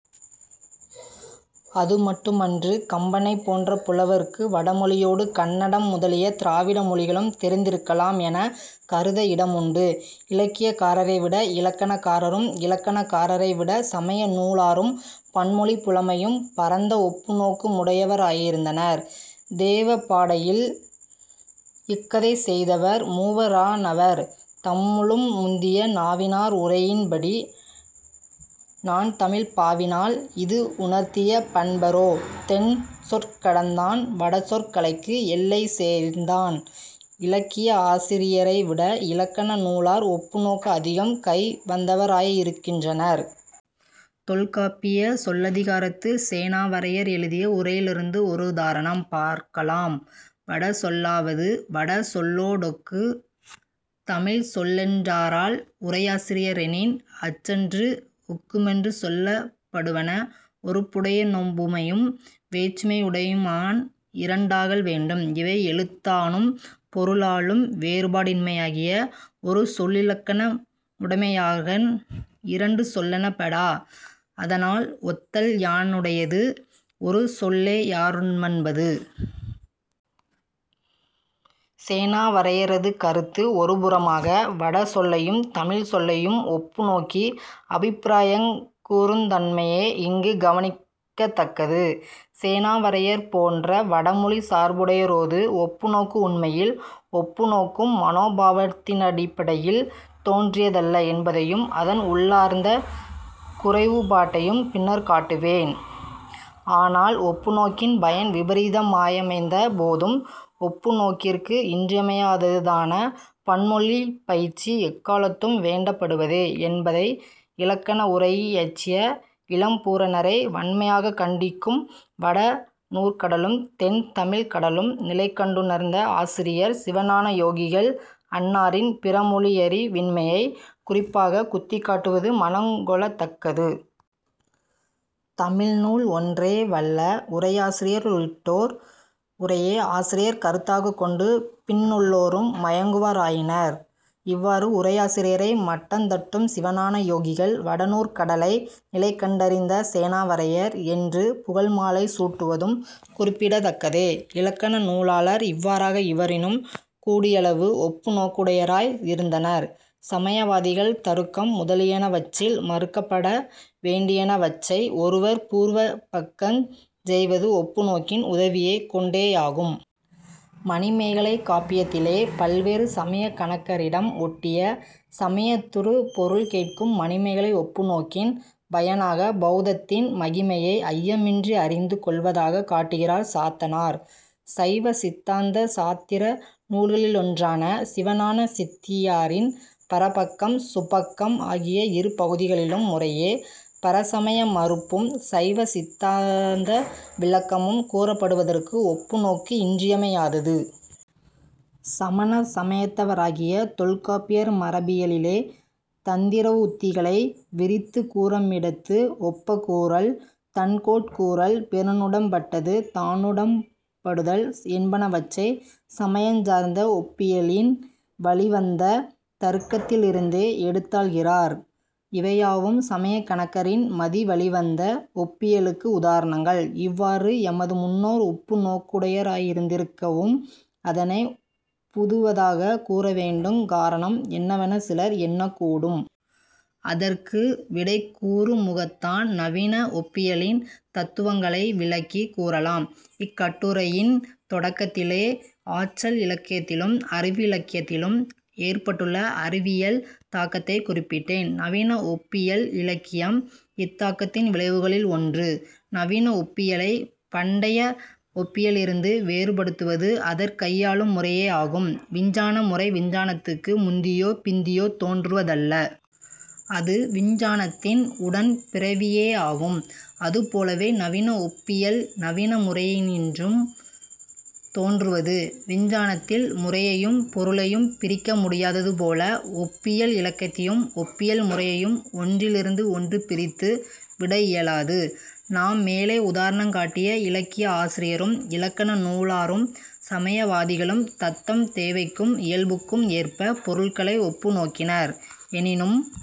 அது மட்டுமன்று. கம்பனைப் போன்ற புலவருக்கு வடமொழியோடு கன்னடம் முதலிய திராவிட மொழிகளும் தெரிந்திருக்கலாம் எனக் கருத இடமுண்டு. இலக்கியகாரரைவிட இலக்கணகாரரும் இலக்கணகாரரைவிடச் சமய நூலாரும் பன்மொழிப் புலமையும் பரந்த ஒப்புநோக்கு முடையவராயிருந்தனர். "தேவ பாடையில் இக்கதை செய்தவர் மூவ ரானவர் தம்முளும் முந்திய நாவி னார்உரை யின்படி நான்தமிழ்ப் பாவி னால்இது உணர்த்திய பண்பரோ" "தென்சொற் கடந்தான் வடசொற் கலைக்கு எல்லை தேர்ந்தான்" இலக்கிய ஆசிரியரை விட இலக்கண நூலார் ஒப்பு நோக்கு அதிகம் கை வந்தவராயிருக்கின்றனர். தொல்காப்பியச் சொல்லதிகாரத்துச் சேனாவரையர் எழுதிய உரையிலிருந்து ஒருதாரணம் பார்க்கலாம்: "வட சொல்லாவது வட சொல்லோடொக்குந் தமிழ்ச் சொல்லென்றாரால் உரையாசிரியரெனின், அற்றன்று: ஒக்குமென்று சொல்லப்படுவன ஒருபுடையனொப்புமையும் வேற்றுமைமுடைமையான் இரண்டாகல் வேண்டும். இவை எழுத்தானும் பொருளானும் வேறுபாடின்மையாகிய ஒரு சொல்லிலக்கணமுடைமையான் இரண்டு சொல்லெனப்படா: அதனால் ஒத்தல் யாண்னுடையது? ஒரு சொல்லேயார்மன்பது. " சேனாவரையரது கருத்து ஒருபுறமாக, வட சொல்லையும் தமிழ்ச் சொல்லையும் ஒப்புநோக்கி அபிப்பிராயங் கூறுந்தன்மையே இங்குக் கவனிக்கத்தக்கது. சேனாவரையர் போன்ற வட மொழிச் சார்புடையோரது ஒப்புநோக்கு உண்மையில் ஒப்புநோக்கும் மனோ பாவத்தினடிப்படையில் தோன்றியதல்ல என்பதையும் அதன் உள்ளார்ந்த குறைவுபாட்டையும் பின்னர் காட்டுவேன். ஆனால் ஒப்புநோக்கின் பயன் விபரீதமாயமைந்த போதும் ஒப்புநோக்கிற்கு இன்றியமையாததான பன்மொழிப்பயிற்சி எக்காலத்தும் வேண்டப்படுவதே என்பதை இலக்கண உரையியற்றிய இளம்பூரணரை வன்மையாகக் கண்டிக்கும் வட நூற்கடலும் தென்தமிழ்க் கடலும் நிலைகண்டுணர்ந்த ஆசிரியர் சிவஞானயோகிகள் அன்னாரின் பிறமொழியறிவின்மையைக் குறிப்பாகக் குத்திக்காட்டுவது மனங் கொளத்தக்கது. தமிழ் நூல் ஒன்றே வல்ல உரையாசிரியருள்ளிட்டோர் உரையை ஆசிரியர் கருத்தாகக் கொண்டு பின்னுள்ளோரும் மயங்குவாராயினர். இவ்வாறு உரையாசிரியரை மட்டந்தட்டும் சிவஞான யோகிகள் வட நூற் கடலை நிலைகண்டறிந்த சேனாவரையர் என்று புகழ்மாலை சூட்டுவதும் குறிப்பிடத்தக்கதே. இலக்கண நூலார் இவ்வாறாக இவரினும் கூடியளவு ஒப்புநோக்குடையராய் இருந்தனர். சமயவாதிகள் தருக்கம் முதலியனவற்றில் மறுக்கப்பட வேண்டியனவற்றை ஒருவர் பூர்வபக்கஞ் செய்வது ஒப்புநோக்கின் உதவியைக் கொண்டேயாகும். மணிமேகலைக் காப்பியத்திலே பல்வேறு சமயக் கணக்கரிடம் ஒட்டிய சமயத் துறுபொருள் கேட்கும் மணிமேகலை ஒப்புநோக்கின் பயனாக பௌத்தத்தின் மகிமையை ஐயமின்றி அறிந்து கொள்வதாகக் காட்டுகிறார் சாத்தனார். சைவ சித்தாந்த சாத்திர நூல்களிலொன்றான சிவஞான சித்தியாரில் பரபக்கம், சுபக்கம் ஆகிய இரு பகுதிகளிலும் முறையே பரசமய மறுப்பும் சைவ சித்தாந்த விளக்கமும் கூறப்படுவதற்கு ஒப்புநோக்கு இன்றியமையாதது. சமண சமயத்தவராகிய தொல்காப்பியர் மரபியலிலே தந்திரவுத்திகளை விரித்துக் கூறுமிடத்து, ஒப்பக்கூறல், தன்கோட்கூறல், பிறனுடம்பட்டது தானுடம்படுதல் என்பனவற்றை சமயஞ் சார்ந்த ஒப்பியலின் வழிவந்த தருக்கத்திலிருந்தே எடுத்தாள்கிறார். இவையாவும் சமயக் கணக்கரின் மதி வழிவந்த ஒப்பியலுக்கு உதாரணங்கள். இவ்வாறு எமது முன்னோர் ஒப்பு நோக்குடையராயிருந்திருக்கவும் அதனைப் புதுவதாகக் கூற வேண்டுங் காரணம் என்னவெனச் சிலர் எண்ணக் கூடும். அதற்கு விடை கூறுமுகத்தான் நவீன ஒப்பியலின் தத்துவங்களை விளக்கிக் கூறலாம். இக் கட்டுரையின் தொடக்கத்திலே ஆற்றல் இலக்கியத்திலும் அறிவிலக்கியத்திலும் ஏற்பட்டுள்ள அறிவியல் தாக்கத்தைக் குறிப்பிட்டேன். நவீன ஒப்பியல் இலக்கியம் இத்தாக்கத்தின் விளைவுகளில் ஒன்று. நவீன ஒப்பியலைப் பண்டைய ஒப்பியலிலிருந்து வேறுபடுத்துவது அதிற்கையாளும் முறையேயாகும். விஞ்ஞான முறை விஞ்ஞானத்துக்கு முந்தியோ பிந்தியோ தோன்றுவதல்ல. அது விஞ்ஞானத்தின் உடன் பிறவியேயாகும். அதுபோலவே, நவீன ஒப்பியல் நவீன முறையினின்றும் தோன்றுவது. விஞ்ஞானத்தில் முறையையும் பொருளையும் பிரிக்க முடியாதது போல ஒப்பியல் இலக்கியத்தையும் ஒப்பியல் முறையையும் ஒன்றிலிருந்து ஒன்று பிரித்து விட இயலாது. நாம் மேலே உதாரணங் காட்டிய இலக்கிய ஆசிரியரும் இலக்கண நூலாரும் சமய வாதிகளும் தத்தம் தேவைக்கும் இயல்புக்கும் ஏற்பப் பொருள்களை ஒப்பு நோக்கினர். எனினும்